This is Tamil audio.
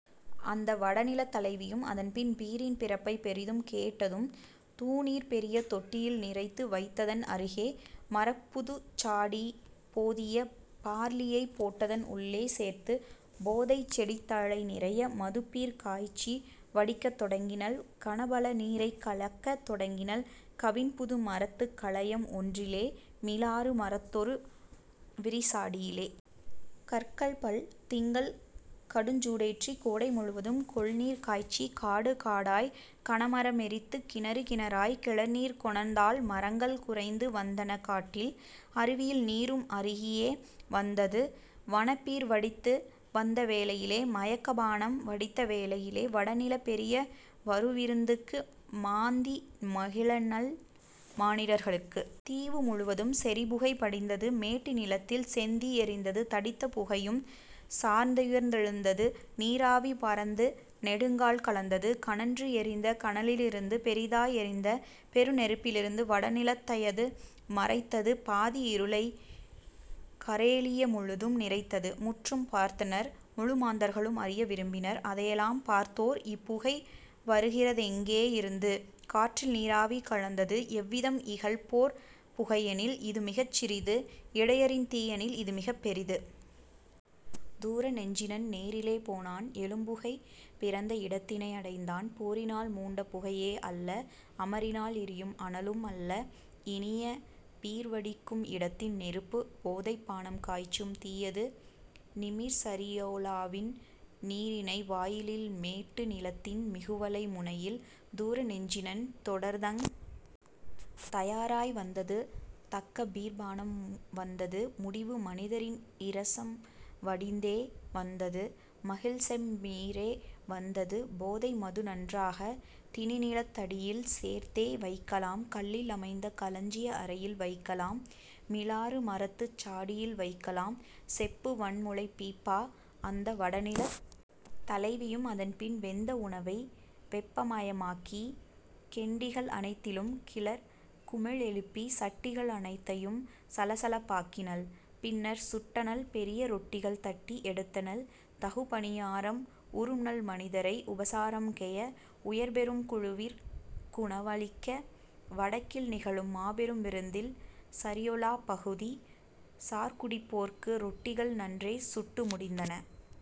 அந்த வடநிலத் தலைவியும் அதன்பின் பீரின் பிறப்பைப் பெரிதும் கேட்டதும் தூநீர் பெரிய தொட்டியில் நிறைத்து வைத்ததன் அருகே மரப்புதுச் சாடி போதிய பார்லியைப் போட்டதன் உள்ளே சேர்த்துப் போதைச் செடித்தழை நிறைய மதுப்பீர் காய்ச்சி வடிக்கத் தொடங்கினள் கனபல நீரைக் கலக்கத் தொடங்கினள் கவின்புது மரத்துக் கலயம் ஒன்றிலே மிலாறு மரத்தொரு விரிசாடியிலே. கற்கள்பல் திங்கள் கடுஞ்சூடேற்றி கோடை முழுவதும் கொள்நீர்காய்ச்சி காடுகாடாய்க்கனமர மெரித்து கிணறு கிணறாய் கிளர்நீர் கொணர்ந்தாள் மரங்கள் குறைந்து வந்தன காட்டில் அருவியில் நீரும் அருகியே வந்தது வனப்பீர் வடித்து வந்தவேளையிலே மயக்கப் பானம் வடித்தவேளையிலே வடநிலப் பெரிய வருவிருந்துக்கு மாந்தி மகிழநல் மானிடர்களுக்கு. தீவு முழுவதும் செறிபுகை படிந்தது மேட்டு நிலத்தில் செந்தீ எரிந்தது தடித்த புகையும் சார்ந்துயர்ந்தெழுந்தது நீராவி பரந்து நெடுங்கால் கலந்தது கனன்று எரிந்த கனலிலிருந்து பெரிதாய் எரிந்த பெருநெருப்பிலிருந்து வடநிலத் தையது மறைத்தது பாதி இருளைக் கரேலியா முழுதும் நிறைத்தது. முற்றும் பார்த்தனர் முழுமாந்தர்களும் அறிய விரும்பினர் அதையெலாம் பார்த்தோர் இப்புகை வருகிறதெங்கே யிருந்து காற்றில்நீராவி கலந்தது எவ்விதம் இகல்போர்ப் புகையெனில் இதுமிகச் சிறிது இடையரின் தீயெனில் இதுமிகப் பெரிது. தூர நெஞ்சினன் நேரிலே போனான் எழும்புகை பிறந்த இடத்தினை அடைந்தான் போரினால் மூண்ட புகையே யல்ல அமரினால் எரியும் அனலுமே யல்ல இனியபீர் வடிக்கும் இடத்தின் நெருப்பு போதைப்பானம் காய்ச்சும் தீயது நிமிர்சரியொலாவின் நீரிணை வாயிலில் மேட்டு நிலத்தின் மிகுவளை முனையில். தூர நெஞ்சினன் தொடர்தங் தயாராய் வந்தது தக்கபீர்ப் பானம் வந்தது முடிவு மனிதரின் இரசம் வடிந்தே வந்தது மகிழ்செம்பீரே வந்தது போதை மதுநன்றாக திணிநிலத்தடியில் சேர்த்தே வைக்கலாம் கல்லில் அமைந்த களஞ்சிய அறையில் வைக்கலாம் மிலாறு மரத்துச் சாடியில் வைக்கலாம் செப்பு வன்முளைப் பீப்பா. அந்த வடநிலத் தலைவியும் அதன்பின் வெந்த உணவை வெப்பமயாக்கி கெண்டிகள் அனைத்திலும் கிளர் குமிழ் எழுப்பி சட்டிகள் அனைத்தையும் சலசலப்பாக்கினள் பின்னர் சுட்டனள் பெரிய ரொட்டிகள் தட்டி எடுத்தனள் தகுபணியாரம் உறும்நல் மனிதரை உபசாரம்கெய உயர்பெரும் குழுவிற் குணவு அளிக்க வடக்கில் நிகழும் மாபெரும் விருந்தில் சரியொலாப் பகுதி சார்குடிப்போர்க்கு ரொட்டிகள் நன்றே சுட்டு முடிந்தன